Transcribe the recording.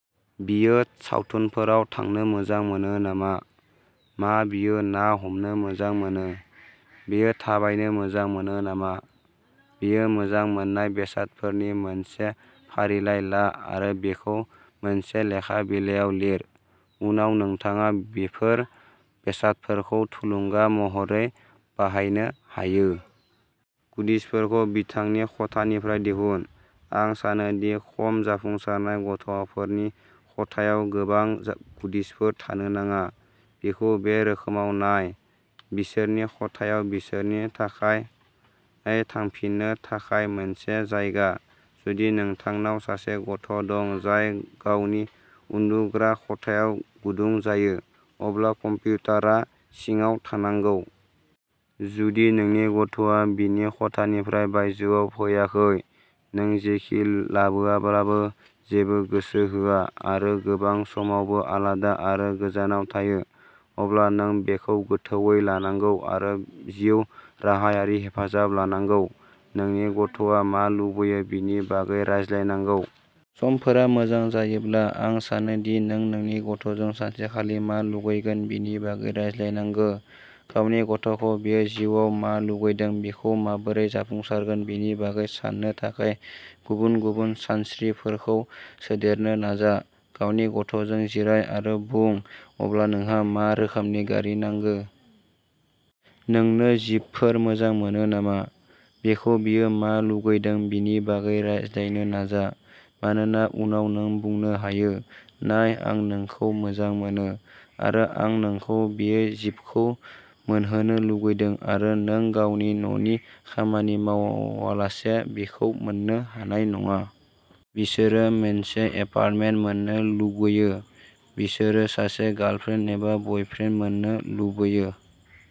बियो सावथुनफोराव थांनो मोजां मोनो नामा? मा बियो ना हमनो मोजां मोनो? बियो थाबायनो मोजां मोनो नामा? बियो मोजां मोननाय बेसादफोरनि मोनसे फारिलाइ ला आरो बेखौ मोनसे लेखा बिलायाव लिर। उनाव, नोंथाङा बेफोर बेसादफोरखौ थुलुंगा महरै बाहायनो हायो। गुडिजफोरखौ बिथांनि खथानिफ्राय दिहुन। आं सानो दि खम जाफुंसारनाय गथ'फोरनि खथायाव गोबां गुडिजफोर थानो नाङा। बेखौ बे रोखोमै नाय बिसोरनि खथाया बिसोरनि थाखाय थांफिननो थाखाय मोनसे जायगा। जुदि नोंथांनाव सासे गथ' दं जाय गावनि उन्दुग्रा खथायाव गुदुं जायो, अब्ला कम्पिउटारआ सिङाव थानांगौ। जुदि नोंनि गथ'आ बिनि खथानिफ्राय बायजोआव फैयाखै, नों जेखि लायोब्लाबो जेबो गोसो होआ, आरो गोबां समावनो आलादा आरो गोजानाव थायो, अब्ला नों बेखौ गोथौवै लानांगौ आरो जिउ राहायारि हेफाजाब लानांगौ। नोंनि गथ'आ मा लुबैयो बेनि बागै रायज्लायनांगौ। समफोरा मोजां जायोब्ला, आं सानो दि नों नोंनि गथ'जों सानसेखालि मा लुबैगोन बेनि बागै रायज्लायनांगौ। गावनि गथ'खौ बियो जिउआव मा लुबैदों बेखौ माबोरै जाफुंसारगोन बेनि बागै साननो थाखाय गुबुन-गुबुन सानस्रिफोरखौ सोदेरनो नाजा। गावनि गथ'जों जिराय आरो बुं अब्ला नोंहा मा रोखोमनि गारि नांगो? नोंनो जिपफोर मोजां मोनो नामा? बिखौ बियो मा लुबैदों बेनि बागै रायज्लायनो नाजा। मानोना उनाव नों बुंनो हायो, नाय, आं नोंखौ मोजां मोनो आरो आं नोंखौ बियो जिपखौ मोनहोनो लुबैदों आरो नों गावनि न'नि खामानि मावालासे बेखौ मोन्नो हानाय नङा। बिसोरो मोनसे एपार्टमेन्ट मोन्नो लुबैयो, बिसोरो सासे गार्लफ्रेन्ड एबा बयफ्रेन्ड मोन्नो लुबैयो।